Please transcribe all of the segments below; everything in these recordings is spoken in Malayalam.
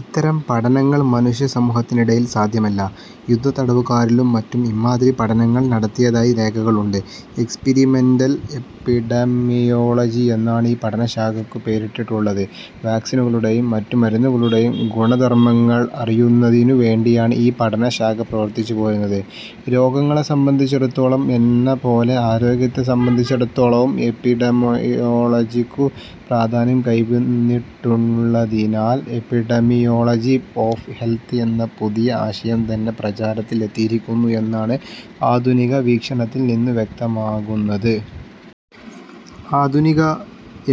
ഇത്തരം പഠനങ്ങൾ മനുഷ്യ സമൂഹത്തിനിടയിൽ സാധ്യമല്ല. യുദ്ധത്തടവുകാരിലും മറ്റും ഇമ്മാതിരി പഠനങ്ങൾ നടത്തിയതായി രേഖകളുണ്ട്. എക്സ്പരിമെന്റൽ എപ്പിഡെമിയോളജി എന്നാണ് ഈ പഠനശാഖയ്ക്കു പേരിട്ടിട്ടുള്ളത്. വാക്സിനുകളുടെയും മറ്റുമരുന്നുകളുടെയും ഗുണധർമങ്ങൾ അറിയുന്നതിനു വേണ്ടിയാണ് ഈ പഠന ശാഖ പ്രവർത്തിച്ചുപോരുന്നത്. രോഗങ്ങളെ സംബന്ധിച്ചിടത്തോളം എന്നപോലെ ആരോഗ്യത്തെ സംബന്ധിച്ചിടത്തോളവും എപ്പിഡെമിയോളജിക്കു പ്രാധാന്യം കൈവന്നിട്ടുള്ളതിനാൽ എപ്പിഡമിയോളജി ഒഫ് ഹെൽത്ത് എന്ന പുതിയ ആശയം തന്നെ പ്രചാരത്തിൽ എത്തിയിരിക്കുന്നു എന്നാണ് ആധുനിക വീക്ഷണത്തിൽ നിന്നു വ്യക്തമാകുന്നത്. ആധുനിക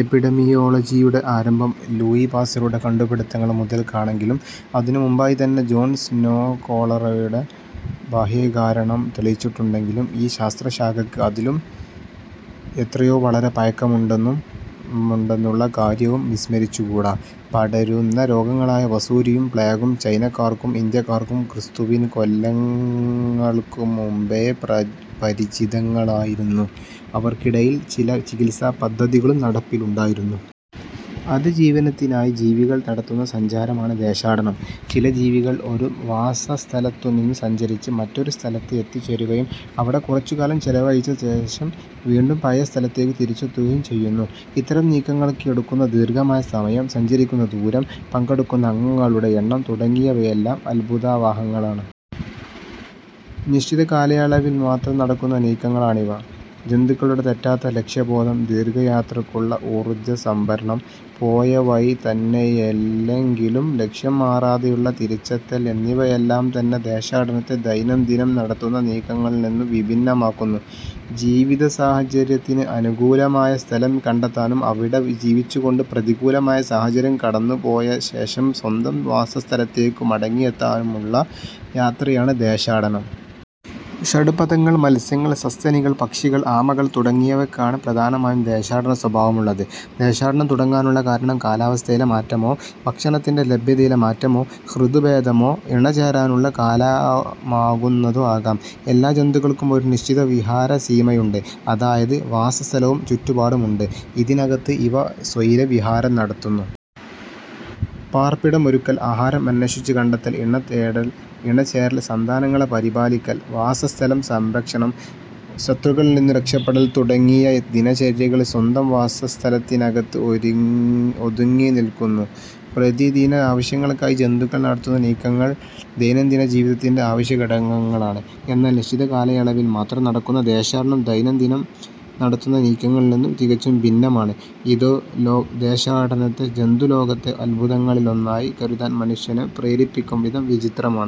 എപ്പിഡെമിയോളജിയുടെ ആരംഭം ലൂയീപാസ്റ്ററുടെ കണ്ടുപിടിത്തങ്ങൾ മുതൽക്കാണെങ്കിലും അതിനു മുമ്പായിതന്നെ ജോൺ സ്നോ കോളറയുടെ ബാഹ്യകാരണം തെളിയിച്ചിട്ടുണ്ടെങ്കിലും ഈ ശാസ്ത്രശാഖയ്ക്ക് അതിലും എത്രയോ വളരെ പഴക്കമുണ്ടെന്നുള്ള കാര്യവും വിസ്മരിച്ചുകൂട. പകരുന്ന രോഗങ്ങളായ വസൂരിയും, പ്ലേഗും ചൈനക്കാർക്കും ഇന്ത്യക്കാർക്കും ക്രിസ്തുവിന് കൊല്ലങ്ങൾക്കു മുമ്പേ പരിചിതങ്ങളായിരുന്നു; അവർക്കിടയിൽ ചില ചികിത്സാപദ്ധതികളും നടപ്പിലുണ്ടായിരുന്നു. അതിജീവനത്തിനായി ജീവികൾ നടത്തുന്ന സഞ്ചാരമാണ് ദേശാടനം. ചില ജീവികൾ ഒരു വാസസ്ഥലത്തുനിന്നു സഞ്ചരിച്ച് മറ്റൊരു സ്ഥലത്ത് എത്തിച്ചേരുകയും അവിടെ കുറച്ചുകാലം ചെലവഴിച്ചശേഷം വീണ്ടും പഴയ സ്ഥലത്തേക്കു തിരിച്ചെത്തുകയും ചെയ്യുന്നു. ഇത്തരം നീക്കങ്ങൾക്ക് എടുക്കുന്ന ദീർഘമായ സമയം, സഞ്ചരിക്കുന്ന ദൂരം, പങ്കെടുക്കുന്ന അംഗങ്ങളുടെ എണ്ണം തുടങ്ങിയവയെല്ലാം അത്ഭുതാവഹങ്ങളാണ്. നിശ്ചിത കാലയളവിൽമാത്രം നടക്കുന്ന നീക്കങ്ങളാണിവ. ജന്തുക്കളുടെ തെറ്റാത്ത ലക്ഷ്യബോധം ദീർഘയാത്രയ്ക്കുള്ള ഊർജസംഭരണം, പോയവഴിതന്നെയല്ലെങ്കിലും ലക്ഷ്യം മാറാതെയുള്ള തിരിച്ചെത്തൽ എന്നിവയെല്ലാംതന്നെ ദേശാടനത്തെ ദൈനംദിനം നടത്തുന്ന നീക്കങ്ങളിൽനിന്നു വിഭിന്നമാക്കുന്നു. ജീവിതസാഹചര്യത്തിന് അനുകൂലമായ സ്ഥലം കണ്ടെത്താനും അവിടെ ജീവിച്ചുകൊണ്ട് പ്രതികൂലമായ സാഹചര്യം കടന്നുപോയശേഷം സ്വന്തം വാസസ്ഥലത്തേക്കു മടങ്ങിയെത്താനുമുള്ള യാത്രയാണ് ദേശാടനം. ഷഡ്പദങ്ങൾ, മത്സ്യങ്ങൾ, സസ്തനികൾ, പക്ഷികൾ, ആമകൾ തുടങ്ങിയവയ്ക്കാണ് പ്രധാനമായും ദേശാടനസ്വഭാവമുള്ളത്. ദേശാടനം തുടങ്ങാനുള്ള കാരണം കാലാവസ്ഥയിലെ മാറ്റമോ, ഭക്ഷണത്തിന്റെ ലഭ്യതയിലെ മാറ്റമോ, ഋതുഭേദമോ, ഇണചേരാനുള്ള കാലമാകുന്നതോ ആകാം. എല്ലാ ജന്തുക്കൾക്കും ഒരു നിശ്ചിത വിഹാരസീമയുണ്ട്; അതായത്, വാസസ്ഥലവും ചുറ്റുപാടും ഉണ്ട്. ഇതിനകത്ത് ഇവ സ്വൈരവിഹാരം നടത്തുന്നു. പാർപ്പിടം ഒരുക്കൽ, ആഹാരം അന്വേഷിച്ചുകണ്ടെത്തൽ, ഇണതേടൽ, ഇണചേരൽ, സന്താനങ്ങളെ പരിപാലിക്കൽ, വാസസ്ഥലസംരക്ഷണം, ശത്രുക്കളിൽനിന്നു രക്ഷപ്പെടൽ തുടങ്ങിയ ദിനചര്യകൾ സ്വന്തം വാസസ്ഥലത്തിനകത്ത് ഒതുങ്ങിനില്ക്കുന്നു. പ്രതിദിന ആവശ്യങ്ങൾക്കായി ജന്തുക്കൾ നടത്തുന്ന നീക്കങ്ങൾ ദൈനംദിനജീവിതത്തിന്റെ അവശ്യഘടകങ്ങളാണ്. എന്നാൽ നിശ്ചിത കാലയളവിൽമാത്രം നടക്കുന്ന ദേശാടനം ദൈനംദിനം നടത്തുന്ന നീക്കങ്ങളിൽനിന്നു തികച്ചും ഭിന്നമാണ്. ഇത് ദേശാടനത്തെ ജന്തുലോകത്തെ അത്ഭുതങ്ങളിലൊന്നായി കരുതാൻ മനുഷ്യനെ പ്രേരിപ്പിക്കുംവിധം വിചിത്രമാണ്.